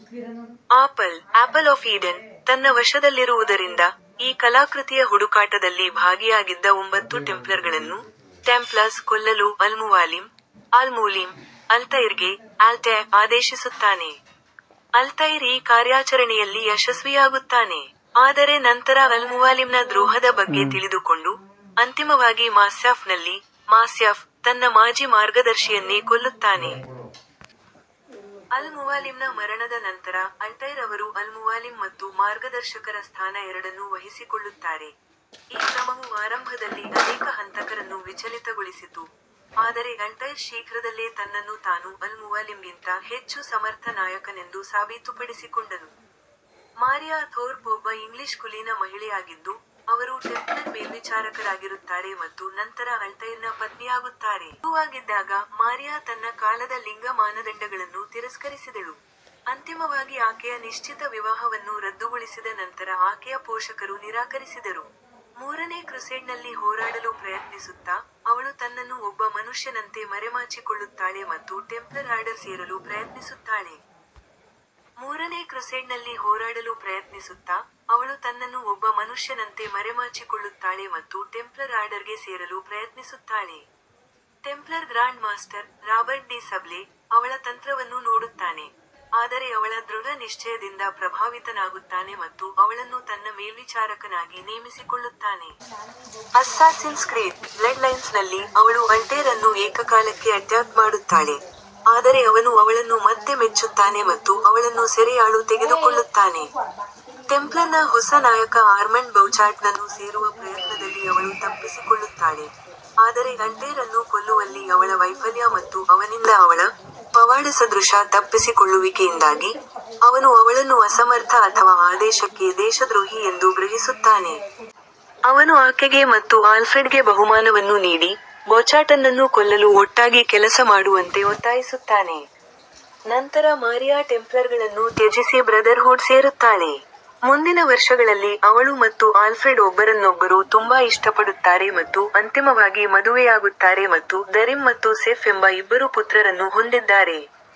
Apple ತನ್ನ ವಶದಲ್ಲಿರುವುದರಿಂದ, ಈ ಕಲಾಕೃತಿಯ ಹುಡುಕಾಟದಲ್ಲಿ ಭಾಗಿಯಾಗಿದ್ದ ಎಲ್ಲಾ ಒಂಬತ್ತು ಟೆಂಪ್ಲರ್ಗಳನ್ನು ಕೊಲ್ಲಲು, ತನ್ನ ಒಳಗೊಳ್ಳುವಿಕೆಯನ್ನು ಮುಚ್ಚಿಡಲು, ವಿಮೋಚನೆಯ ಪ್ರಯಾಣಕ್ಕೆ ಹೋಗುವ ನೆಪದಲ್ಲಿ ಅಲ್ ಮುವಾಲಿಮ್ ಆಲ್ಟೈರ್ಗೆ ಆದೇಶಿಸುತ್ತಾನೆ. ಅಲ್ತೈರ್ ಯಶಸ್ವಿಯಾಗುತ್ತಾನೆ, ಆದರೆ ಈ ಪ್ರಕ್ರಿಯೆಯಲ್ಲಿ ಅಲ್ ಮುವಾಲಿಮ್ನ ದ್ರೋಹದ ಬಗ್ಗೆ ತಿಳಿದುಕೊಂಡು, ಅಂತಿಮವಾಗಿ ಮಾಸ್ಯಾಫ್ನಲ್ಲಿ ತನ್ನ ಮಾಜಿ ಮಾರ್ಗದರ್ಶಿಯನ್ನು ಕೊಲ್ಲುತ್ತಾನೆ. ಅಲ್ ಮುವಾಲಿಮ್ನ ಮರಣದ ನಂತರ, ಆಲ್ಟೈರ್ ಆಪಲ್ ಮತ್ತು ಮಾರ್ಗದರ್ಶಕರ ಸ್ಥಾನ ಎರಡನ್ನೂ ಹೇಳಿಕೊಳ್ಳುತ್ತಾನೆ; ಈ ಕ್ರಮವು ಆರಂಭದಲ್ಲಿ ಅನೇಕ ಹಂತಕರನ್ನು ವಿಚಲಿತಗೊಳಿಸಿತು, ಆದರೆ ಆಲ್ಟೈರ್ ಶೀಘ್ರದಲ್ಲೇ ತನ್ನನ್ನು ತಾನು ಅಲ್ ಮುವಾಲಿಮ್ಗಿಂತ ಹೆಚ್ಚು ಸಮರ್ಥ ನಾಯಕನೆಂದು ಸಾಬೀತುಪಡಿಸಿಕೊಂಡನು. ಮಾರಿಯಾ ಥೋರ್ಪ್ ಒಬ್ಬ ಇಂಗ್ಲಿಷ್ ಕುಲೀನ ಮಹಿಳೆಯಾಗಿದ್ದು, ಅವರು ಟೆಂಪ್ಲರ್ ಮೇಲ್ವಿಚಾರಕರಾಗುತ್ತಾರೆ ಮತ್ತು ನಂತರ ಆಲ್ಟೈರ್ನ ಪತ್ನಿಯಾಗುತ್ತಾರೆ. ಮಗುವಾಗಿದ್ದಾಗ, ಮಾರಿಯಾ ತನ್ನ ಕಾಲದ ಲಿಂಗ ಮಾನದಂಡಗಳನ್ನು ತಿರಸ್ಕರಿಸಿದಳು, ಅಂತಿಮವಾಗಿ ಆಕೆಯ ನಿಶ್ಚಿತ ವಿವಾಹವನ್ನು ರದ್ದುಗೊಳಿಸಿದ ನಂತರ ಆಕೆಯ ಪೋಷಕರು ನಿರಾಕರಿಸಿದರು. ಮೂರನೇ ಕ್ರುಸೇಡ್ನಲ್ಲಿ ಹೋರಾಡಲು ಪ್ರಯತ್ನಿಸುತ್ತಾ, ಅವಳು ತನ್ನನ್ನು ಒಬ್ಬ ಮನುಷ್ಯನಂತೆ ಮರೆಮಾಚಿಕೊಳ್ಳುತ್ತಾಳೆ ಮತ್ತು ಟೆಂಪ್ಲರ್ ಆರ್ಡರ್ಗೆ ಸೇರಲು ಪ್ರಯತ್ನಿಸುತ್ತಾಳೆ. Templar grand master, Robert de Sable, ಅವಳ ತಂತ್ರವನ್ನು ನೋಡುತ್ತಾನೆ, ಆದರೆ ಅವಳ ದೃಢ ನಿಶ್ಚಯದಿಂದ ಪ್ರಭಾವಿತನಾಗುತ್ತಾನೆ ಮತ್ತು ಅವಳನ್ನು ತನ್ನ ಮೇಲ್ವಿಚಾರಕರಾಗಿ ನೇಮಿಸಿಕೊಳ್ಳುತ್ತಾನೆ. ಅಸ್ಸಾಸಿನ್ಸ್ ಕ್ರೀಡ್ಃ ಬ್ಲಡ್ ಲೈನ್ಸ್ ನಲ್ಲಿ, ಅವಳು ಆಲ್ಟೈರ್ ಅನ್ನು ಏಕರ್ಗೆ ಟ್ರ್ಯಾಕ್ ಮಾಡುತ್ತಾಳೆ, ಆದರೆ ಅವನು ಅವಳನ್ನು ಮತ್ತೆ ಮೆಚ್ಚುತ್ತಾನೆ ಮತ್ತು ಅವಳನ್ನು ಸೆರೆಯಾಳು ತೆಗೆದುಕೊಳ್ಳುತ್ತಾನೆ. ಟೆಂಪ್ಲರ್ನ ಹೊಸ ನಾಯಕ ಆರ್ಮಂಡ್ ಬೌಚಾರ್ಟ್ನನ್ನು ಸೇರುವ ಪ್ರಯತ್ನದಲ್ಲಿ ಅವಳು ತಪ್ಪಿಸಿಕೊಳ್ಳುತ್ತಾಳೆ, ಆದರೆ ಆಲ್ಟೈರ್ ಅನ್ನು ಕೊಲ್ಲುವಲ್ಲಿ ಅವಳ ವೈಫಲ್ಯ ಮತ್ತು ಅವನಿಂದ ಅವಳ "ಪವಾಡಸದೃಶ" ತಪ್ಪಿಸಿಕೊಳ್ಳುವಿಕೆಯಿಂದಾಗಿ, ಅವನು ಅವಳನ್ನು ಅಸಮರ್ಥ ಅಥವಾ ಆದೇಶಕ್ಕೆ ದೇಶದ್ರೋಹಿ ಎಂದು ಗ್ರಹಿಸುತ್ತಾನೆ. ಅವನು ಆಕೆಗೆ ಮತ್ತು ಆಲ್ಟೈರ್ಗೆ ಬಹುಮಾನವನ್ನು ನೀಡಿ, ಬೌಚಾರ್ಟ್ನನ್ನು ಕೊಲ್ಲಲು ಒಟ್ಟಾಗಿ ಕೆಲಸ ಮಾಡುವಂತೆ ಒತ್ತಾಯಿಸುತ್ತಾನೆ, ನಂತರ ಮಾರಿಯಾ ಟೆಂಪ್ಲರ್ಗಳನ್ನು ತ್ಯಜಿಸಿ ಬ್ರದರ್ಹುಡ್ಗೆ ಸೇರುತ್ತಾಳೆ. ಮುಂದಿನ ವರ್ಷಗಳಲ್ಲಿ, ಅವಳು ಮತ್ತು ಆಲ್ಟೈರ್ ಒಬ್ಬರನ್ನೊಬ್ಬರು ತುಂಬಾ ಇಷ್ಟಪಡುತ್ತಾರೆ ಮತ್ತು ಅಂತಿಮವಾಗಿ ಮದುವೆಯಾಗುತ್ತಾರೆ ಮತ್ತು ದರಿಮ್ ಮತ್ತು ಸೆಫ್ ಎಂಬ ಇಬ್ಬರು ಪುತ್ರರನ್ನು ಹೊಂದಿದ್ದಾರೆ.